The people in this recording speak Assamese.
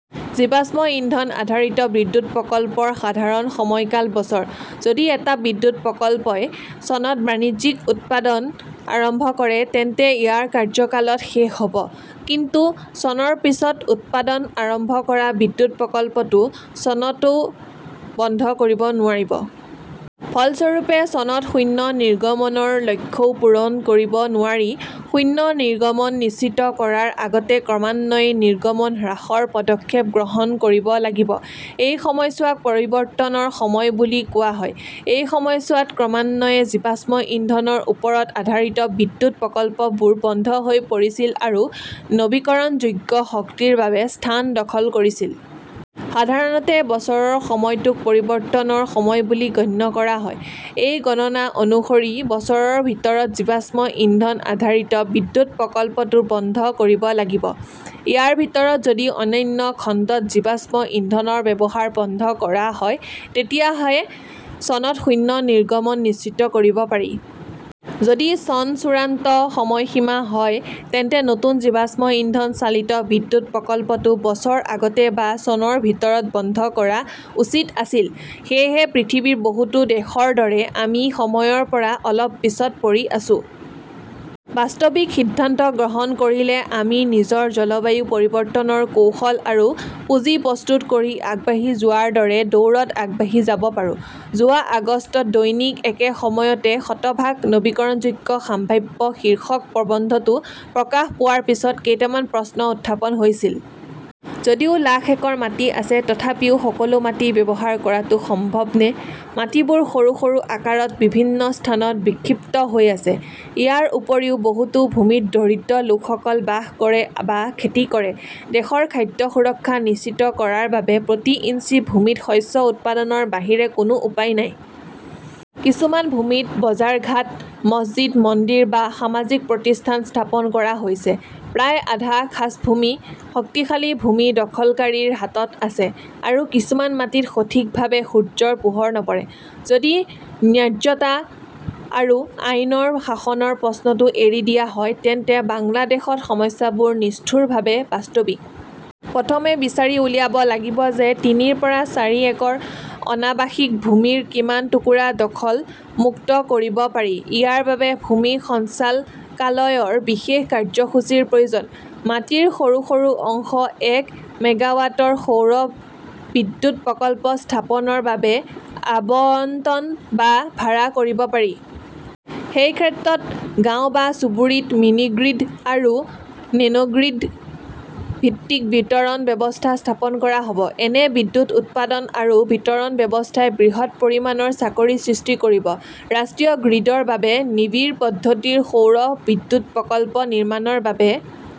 জীৱাশ্ম ইন্ধন-আধাৰিত বিদ্যুৎ প্ৰকল্পৰ সাধাৰণ সময়কাল বছৰ। যদি এটা বিদ্যুৎ প্ৰকল্পই চনত বাণিজ্যিক উৎপাদন আৰম্ভ কৰে তেন্তে ইয়াৰ কাৰ্যকাল ত শেষ হ 'ব। কিন্তু চনৰ পিছত উৎপাদন আৰম্ভ কৰা বিদ্যুৎ প্ৰকল্পটো চনতও বন্ধ কৰিব নোৱাৰি। ফলস্বৰূপে, চনত শূন্য নিৰ্গমনৰ লক্ষ্যও পূৰণ কৰিব নোৱাৰি। শূন্য নিৰ্গমন নিশ্চিত কৰাৰ আগতে ক্ৰমান্বয়ে নিৰ্গমন হ্ৰাসৰ পদক্ষেপ গ্ৰহণ কৰিব লাগিব। এই সময়ছোৱাক পৰিৱৰ্তনৰ সময় বুলি কোৱা হয়। এই সময়ছোৱাত ক্ৰমান্বয়ে জীৱাশ্ম ইন্ধনৰ ওপৰত আধাৰিত বিদ্যুৎ প্ৰকল্পবোৰ বন্ধ হৈ পৰিছিল আৰু নৱীকৰণযোগ্য শক্তিৰ বাবে স্থান দখল কৰিছিল। সাধাৰণতে বছৰৰ সময়টোক পৰিৱৰ্তনৰ সময় বুলি গণ্য কৰা হয়। এই গণনা অনুসৰি, বছৰৰ ভিতৰত জীৱাশ্ম ইন্ধন-আধাৰিত বিদ্যুৎ প্ৰকল্পটো বন্ধ কৰিব লাগিব। ইয়াৰ ভিতৰত যদি অন্যান্য খণ্ডত জীৱাশ্ম ইন্ধনৰ ব্যৱহাৰ বন্ধ কৰা হয় তেতিয়াহে চনত শূন্য নিৰ্গমন নিশ্চিত কৰিব পাৰি। যদি চন চূড়ান্ত সময়সীমা হয়, তেন্তে নতুন জীৱাশ্ম ইন্ধন চালিত বিদ্যুৎ প্ৰকল্পটো বছৰ আগতে বা চনৰ ভিতৰত বন্ধ কৰা উচিত আছিল। সেয়েহে পৃথিৱীৰ বহুতো দেশৰ দৰে আমি সময়ৰ পৰা অলপ পিছ পৰি আছো। বাস্তৱিক সিদ্ধান্ত গ্ৰহণ কৰিলে আমি নিজৰ জলবায়ু পৰিৱৰ্তনৰ কৌশল আৰু পুঁজি প্ৰস্তুত কৰি আগবাঢ়ি যোৱাৰ দৰে দৌৰত আগবাঢ়ি যাব পাৰোঁ। যোৱা আগষ্টত দৈনিক একে সময়তে 'শতভাগ নৱীকৰণযোগ্য সম্ভাৱ্য "শীৰ্ষক প্ৰবন্ধটো প্ৰকাশ পোৱাৰ পিছত কেইটামান প্ৰশ্ন উত্থাপন হৈছিল। যদিও লাখ একৰ মাটি আছে, তথাপিও সকলো মাটি ব্যৱহাৰ কৰাটো সম্ভৱনে? মাটিবোৰ সৰু সৰু আকাৰত বিভিন্ন স্থানত বিক্ষিপ্ত হৈ আছে। ইয়াৰ উপৰিও বহুতো ভূমিত দৰিদ্ৰ লোকসকল বাস কৰে বা খেতি কৰে। দেশৰ খাদ্য সুৰক্ষা নিশ্চিত কৰাৰ বাবে প্ৰতি ইঞ্চি ভূমিত শস্য উৎপাদনৰ বাহিৰে কোনো উপায় নাই। কিছুমান ভূমিত বজাৰঘাট, মছজিদ-মন্দিৰ বা সামাজিক প্ৰতিষ্ঠান স্থাপন কৰা হৈছে। প্ৰায় আধা খাছভূমি শক্তিশালী ভূমি দখলকাৰীৰ হাতত আছে। আৰু কিছুমান মাটিত সঠিকভাৱে সূৰ্যৰ পোহৰ নপৰে। যদি ন্যায্যতা আৰু আইনৰ শাসনৰ প্ৰশ্নটো এৰি দিয়া হয়, তেন্তে বাংলাদেশত সমস্যাবোৰ নিষ্ঠুৰভাৱে বাস্তৱিক। প্ৰথমে বিচাৰি উলিয়াব লাগিব যে তিনিৰ পৰা চাৰি একৰ অনাবাসিক ভূমিৰ কিমান টুকুৰা দখল-মুক্ত কৰিব পাৰি। ইয়াৰ বাবে ভূমি সঞ্চালকালয়ৰ বিশেষ কাৰ্যসূচীৰ প্ৰয়োজন। মাটিৰ সৰু সৰু অংশ এক মেগাৱাটৰ সৌৰ বিদ্যুৎ প্ৰকল্প স্থাপনৰ বাবে আবণ্টন বা ভাড়া কৰিব পাৰি। সেই ক্ষেত্ৰত গাঁৱ বা চুবুৰীত মিনিগ্ৰিড আৰু নেনোগ্ৰিড ভিত্তিক বিতৰণ ব্যৱস্থা স্থাপন কৰা হ "ব। এনে বিদ্যুৎ উৎপাদন আৰু বিতৰণ ব্যৱস্থাই বৃহৎ পৰিমাণৰ চাকৰি সৃষ্টি কৰিব। ৰাষ্ট্ৰীয় গ্ৰীডৰ বাবে নিবিড় পদ্ধতিৰ সৌৰ বিদ্যুৎ প্ৰকল্প নিৰ্মাণৰ বাবে